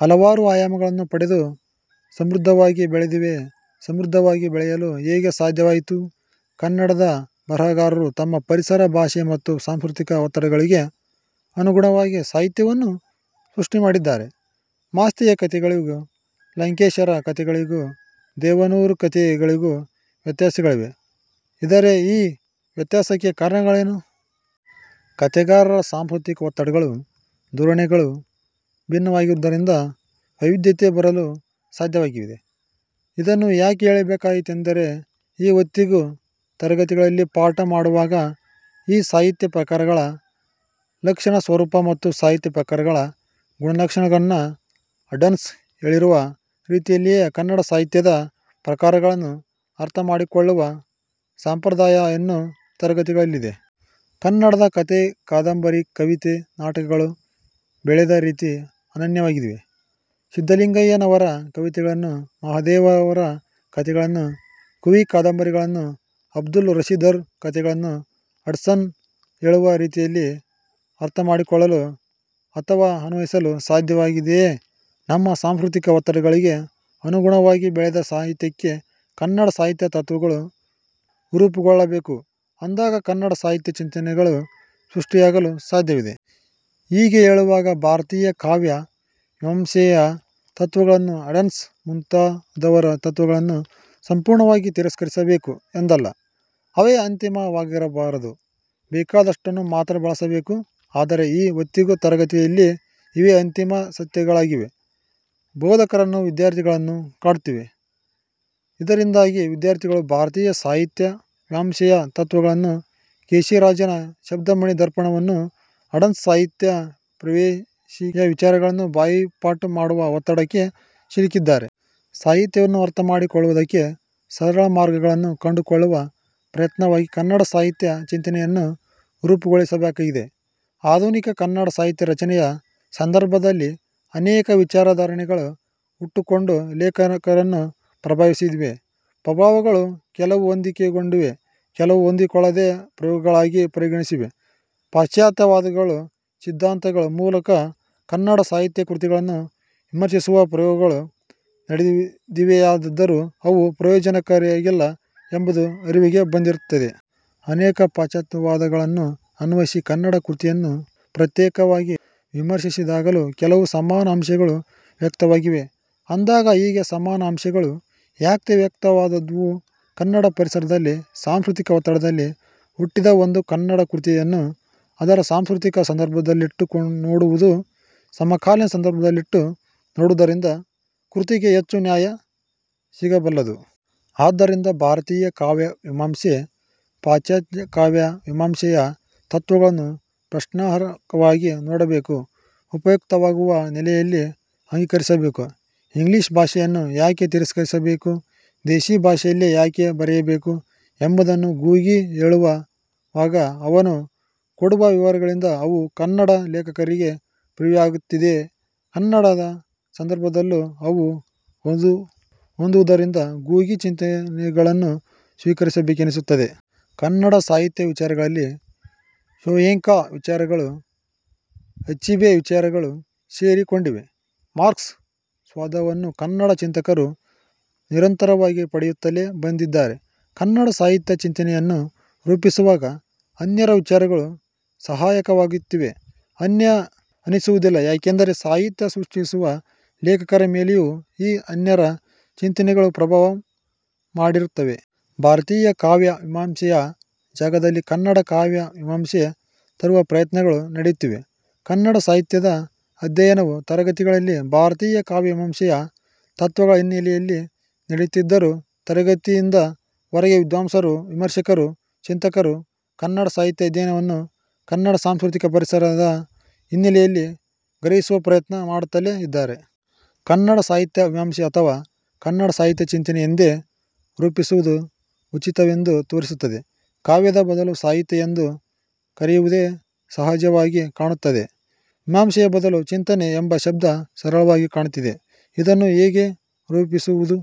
ಹಲವಾರು ಆಯಾಮಗಳನ್ನು ಪಡೆದು ಸಮೃದ್ಧ ವಾಗಿ ಬೆಳೆದಿವೆ. ಸಮೃದ್ಧವಾಗಿ ಬೆಳೆಯಲು ಹೇಗೆ ಸಾಧ್ಯವಾಯಿತು? ಕನ್ನಡದ ಬರಹಗಾರರು ತಮ್ಮ ಪರಿಸರ, ಭಾಷೆ ಮತ್ತು ಸಾಂಸ್ಕೃತಿಕ ಒತ್ತಡಗಳಿಗೆ ಅನುಗುಣವಾಗಿ ಸಾಹಿತ್ಯವನ್ನು ಸೃಷ್ಟಿಮಾಡಿದ್ದಾರೆ. ಮಾಸ್ತಿಯ ಕಥೆಗಳಿಗೂ, ಲಂಕೇಶರ ಕಥೆಗಳಿಗೂ, ದೇವನೂರರ ಕಥೆ ಗಳಿಗೂ ವ್ಯತ್ಯಾಗಳಿವೇ? ಇದ್ದರೆ ಈ ವ್ಯತ್ಯಾಸಕ್ಕೆ ಕಾರಣಗಳೇನು? ಕಥೆಗಾರರ ಸಾಂಸ್ಕೃತಿಕ ಒತ್ತಡಗಳು, ಧೋರಣೆಗಳು ಭಿನ್ನವಾಗಿರುವುದರಿಂದ ವೈವಿಧ್ಯತೆ ಬರಲು ಸಾಧ್ಯವಾಗಿದೆ. ಇದನ್ನು ಯಾಕೆ ಹೇಳಬೇಕಾಯಿತೆಂದರೆ ಈ ಹೊತ್ತಿಗೂ ತರಗತಿಗಳಲ್ಲಿ ಪಾಠ ಮಾಡುವಾಗ ಈ ಸಾಹಿತ್ಯ ಪ್ರಕಾರಗಳ ಲಕ್ಷಣ, ಸ್ವರೂಪ ಮತ್ತು ಸಾಹಿತ್ಯ ಪ್ರಕಾರಗಳ ಗುಣಲಕ್ಷಣಗಳನ್ನ ಹಡ್ಸನ್ ಹೇಳಿರುವ ರೀತಿಯಲ್ಲಿಯೇ ಕನ್ನಡ ಸಾಹಿತ್ಯದ ಪ್ರಕಾರಗಳನ್ನು ಅರ್ಥಮಾಡಿ ಕೊಳ್ಳುವ ಸಂಪ್ರದಾಯ ಇನ್ನು ತರಗತಿಗಳಲ್ಲಿದೆ. ಕನ್ನಡದ ಕಥೆ, ಕಾದಂಬರಿ, ಕವಿತೆ, ನಾಟಕಗಳು ಬೆಳೆದ ರೀತಿ ಅನನ್ಯವಾಗಿದೆ. ಸಿದ್ಧಲಿಂಗಯ್ಯ ನವರ ಕವಿತೆಗಳನ್ನು, ಮಹಾದೇವರ ಕಥೆಗಳನ್ನು, ಕುಂವೀ ಕಾದಂಬರಿಗಳನ್ನು, ಅಬ್ದುಲ್ ರಶೀದರ ಕಥೆಗಳನ್ನು ಹಡ್ಸನ್ ಹೇಳುವ ರೀತಿಯಲ್ಲಿ ಅರ್ಥಮಾಡಿಕೊಳ್ಳಲು ಅಥವಾ ಅನ್ವಯಿಸಲು ಸಾಧ್ಯವಿದೆಯೇ? ನಮ್ಮ ಸಾಂಸ್ಕೃತಿಕ ಒತ್ತಡಗಳಿಗೆ ಅನುಗುಣವಾಗಿ ಬೆಳೆದ ಸಾಹಿತ್ಯಕ್ಕೆ ಕನ್ನಡ ಸಾಹಿತ್ಯ ತತ್ವಗಳು ರೂಪುಗೊಳ್ಳಬೇಕು ಅಂದಾಗ ಕನ್ನಡ ಸಾಹಿತ್ಯ ಚಿಂತನೆಗಳು ಸೃಷ್ಟಿಯಾಗಲು ಸಾಧ್ಯವಿದೆ. ಹೀಗೆ ಹೇಳುವಾಗ ಭಾರತೀಯ ಕಾವ್ಯ ಮೀಮಾಂಸೆಯ ತತ್ವಗಳನ್ನು, ಹಡ್ಸನ್ ಮುಂತಾ ದವರ ತತ್ವಗಳನ್ನು ಸಂಪೂರ್ಣವಾಗಿ ತಿರಸ್ಕರಿಸಬೇಕು ಎಂದಲ್ಲ. ಅವೇ ಅಂತಿಮ ವಾಗಬಾರದು. ಬೇಕಾದಷ್ಟನ್ನು ಮಾತ್ರ ಬಳಸಬೇಕು. ಆದರೆ ಈ ಹೊತ್ತಿಗೂ ತರಗತಿಯಲ್ಲಿ ಇವೇ ಅಂತಿಮ ಸತ್ಯಗಳಾಗಿ ಬೋಧಕರನ್ನು, ವಿದ್ಯಾರ್ಥಿಗಳನ್ನು ಕಾಡುತ್ತಿವೆ. ಇದರಿಂದಾಗಿ ವಿದ್ಯಾರ್ಥಿಗಳು ಭಾರತೀಯ ಸಾಹಿತ್ಯ ಮೀಮಾಂಸೆಯ ತತ್ವಗಳನ್ನು, ಕೇಶಿರಾಜನ ಶಬ್ದಮಣಿ ದರ್ಪಣವನ್ನು ಹಡ್ಸನ್ನ ಸಾಹಿತ್ಯ ಪ್ರವೇಶಿಕೆಯ ವಿಚಾರಗಳನ್ನು ಬಾಯಿಪಾಠ ಮಾಡುವ ಒತ್ತಡಕ್ಕೆ ಸಿಲುಕಿದ್ದಾರೆ. ಸಾಹಿತ್ಯವನ್ನು ಅರ್ಥಮಾಡಿಕೊಳ್ಳುವುದಕ್ಕೆ ಸರಳ ಮಾರ್ಗಗಳನ್ನು ಕಂಡುಕೊಳ್ಳುವ ಪ್ರಯತ್ನವಾಗಿ ಕನ್ನಡ ಸಾಹಿತ್ಯ ಚಿಂತನೆಯನ್ನು ರೂಪುಗೊಳಿಸಬೇಕಾಗಿದೆ. ಆಧುನಿಕ ಕನ್ನಡ ಸಾಹಿತ್ಯ ರಚನೆಯ ಸಂದರ್ಭದಲ್ಲಿ ಅನೇಕ ವಿಚಾರ ಧಾರೆಗಳು ಹುಟ್ಟಿ ಕೊಂಡು ಲೇಖಕರನ್ನು ಪ್ರಭಾವಿಸಿವೆ. ಪ್ರಭಾವಗಳು ಕೆಲವು ಹೊಂದಿಕೊಂಡಿವೆ. ಕೆಲವು ಹೊಂದಿಕೊಳ್ಳದೇ ಪ್ರಯೋಗಗಳಾಗಿ ಪರಿಣಮಿಸಿವೆ. ಪಾಶ್ಚಾತ್ಯ ವಾದಗಳು, ಸಿದ್ಧಾಂತಗಳ ಮೂಲಕ ಕನ್ನಡ ಸಾಹಿತ್ಯ ಕೃತಿಗಳನ್ನು ವಿಮರ್ಶಿಸುವ ಪ್ರಯೋಗಗಳು ನಡೆದಿವೆಯಾದರೂ ಅವು ಪ್ರಯೋಜನಕಾರಿಯಾಗಿಲ್ಲ ಎಂಬುದು ಅರಿವಿಗೆ ಬರುತ್ತಿದೆ. ಅನೇಕ ಪಾಶ್ಚಾತ್ಯವಾದ ಗಳನ್ನು ಅನ್ವಯಿಸಿ ಕನ್ನಡದ ಕೃತಿಯನ್ನು ಪ್ರತ್ಯೇಕವಾಗಿ ವಿಮರ್ಶಿಸಿದಾಗಲೂ ಕೆಲವು ಸಮಾನ ಅಂಶಗಳು ವ್ಯಕ್ತವಾಗಿವೆ. ಅಂದಾಗ ಹೀಗೆ ಸಮಾನ ಅಂಶಗಳು ಯಾಕೆ ವ್ಯಕ್ತವಾದವು? ಕನ್ನಡದ ಪರಿಸರದಲ್ಲಿ, ಸಾಂಸ್ಕೃತಿಕ ಒತ್ತಡದಲ್ಲಿ ಹುಟ್ಟಿದ ಒಂದು ಕನ್ನಡ ಕೃತಿಯನ್ನು ಅದರ ಸಾಂಸ್ಕೃತಿಕ ಸಂದರ್ಭದಲ್ಲಿಟ್ಟು ನೋಡುವುದು, ಸಮಕಾಲೀನ ಸಂದರ್ಭದಲ್ಲಿಟ್ಟು ನೋಡುವುದರಿಂದ ಕೃತಿಗೆ ಹೆಚ್ಚು ನ್ಯಾಯ ಸಿಗಬಲ್ಲದು. ಆದ್ದರಿಂದ ಭಾರತೀಯ ಕಾವ್ಯ ಮಿಮಾಂಸೆ, ಪಾಶ್ಚಾತ್ಯ ಕಾವ್ಯ ಮಿಮಾಂಸೆಯ ತತ್ವಗಳನ್ನು ಪ್ರಶ್ನಾರ್ಹವಾಗಿ ನೋಡಬೇಕು. ಉಪಯುಕ್ತವಾಗುವ ನೆಲೆಯಲ್ಲಿ ಅಂಗೀಕರಿಸಬೇಕು. ಇಂಗ್ಲಿಶ್ ಭಾಷೆಯನ್ನು ಯಾಕೆ ತಿರಸ್ಕರಿಸಬೇಕು? ದೇಶಿ ಭಾಷೆಯಲ್ಲೇ ಯಾಕೆ ಬರೆಯಬೇಕು ಎಂಬುದನ್ನು ಗೂಗಿ ಹೇಳು ವಾಗ, ಅವನು ಕೊಡುವ ವಿವರಗಳಿಂದ ಅವು ಕನ್ನಡ ಲೇಖಕರಿಗೆ ಪ್ರಿಯವಾಗುತ್ತಿದೆ. ಕನ್ನಡದ ಸಂದರ್ಭದಲ್ಲೂ ಅವು ಹೊಂದುವದರಿಂದ ಗೂಗಿ ಚಿಂತನೆಗಳನ್ನು ಸ್ವೀಕರಿಸಬೇಕೆನಿಸುತ್ತದೆ. ಕನ್ನಡ ಸಾಹಿತ್ಯ ವಿಚಾರಗಳಲ್ಲಿ ಶೋಯೆಂಕಾ ವಿಚಾರಗಳು, ಅಚಿಬೆ ವಿಚಾರಗಳು ಸೇರಿ ಕೊಂಡಿವೆ. ಮಾರ್ಕ್ ಸ್ವಾದವನ್ನು ಕನ್ನಡ ಚಿಂತಕರು ನಿರಂತರವಾಗಿ ಪಡೆಯುತ್ತಲೇ ಬಂದಿ ದ್ದಾರೆ. ಕನ್ನಡ ಸಾಹಿತ್ಯ ಚಿಂತನೆಯನ್ನು ರೂಪಿಸುವಾಗ ಅನ್ಯರ ವಿಚಾರಗಳು ಸಹಾಯಕ ವಾಗುತ್ತಿವೆ. 'ಅನ್ಯ' ಅನ್ನಿಸುವುದಿಲ್ಲ. ಯಾಕೆಂದರೆ ಸಾಹಿತ್ಯ ಸೃಷ್ಟಿಸುವ ಲೇಖಕರ ಮೇಲೆಯೂ ಈ ಅನ್ಯರ ಚಿಂತನೆಗಳು ಪ್ರಭಾವ ಮಾಡಿರುತ್ತವೆ. 'ಭಾರತೀಯ ಕಾವ್ಯ ಮೀಮಾಂಸೆ'ಯ ಜಾಗದಲ್ಲಿ 'ಕನ್ನಡ ಕಾವ್ಯ ಮೀಮಾಂಸೆ' ತರುವ ಪ್ರಯತ್ನಗಳು ನಡೆಯುತ್ತಿವೆ. ಕನ್ನಡ ಸಾಹಿತ್ಯದ ಅಧ್ಯಯನವು ತರಗತಿಗಳಲ್ಲಿ ಭಾರತೀಯ ಕಾವ್ಯ ಮೀಮಾಂಸೆಯ ತತ್ವಗಳ ಹಿನ್ನೆಲೆಯಲ್ಲಿ ನಡೆಯುತ್ತಿದ್ದರೂ, ತರಗತಿಯಿಂದ ಹೊರಗೆ ವಿದ್ವಾಂಸರು, ವಿಮರ್ಶಕರು, ಚಿಂತಕರು ಕನ್ನಡ ಸಾಹಿತ್ಯ ಅಧ್ಯಯನವನ್ನು ಕನ್ನಡ ಸಾಂಸ್ಕೃತಿಕ ಪರಿಸರದ ಹಿನ್ನೆಲೆಯಲ್ಲಿ ಗ್ರಹಿಸುವ ಪ್ರಯತ್ನ ಮಾಡುತ್ತಲೇ ಇದ್ದಾರೆ. 'ಕನ್ನಡ ಸಾಹಿತ್ಯ ಮೀಮಾಂಸೆ' ಅಥವಾ 'ಕನ್ನಡ ಸಾಹಿತ್ಯ ಚಿಂತನೆ' ಎಂದೇ ರೂಪಿಸುವುದು ಉಚಿತವೆಂದು ತೋರುತ್ತದೆ. 'ಕಾವ್ಯದ' ಬದಲು 'ಸಾಹಿತ್ಯ' ಎಂದು ಕರೆಯುವುದೇ ಸಹಜವಾಗಿ ಕಾಣುತ್ತದೆ. 'ಮೀಮಾಂಸೆ' ಬದಲು 'ಚಿಂತನೆ' ಎಂಬ ಶಬ್ದ ಸರಳವಾಗಿ ಕಾಣುತ್ತಿದೆ. ಇದನ್ನು ಹೇಗೆ ರೂಪಿಸುವುದು?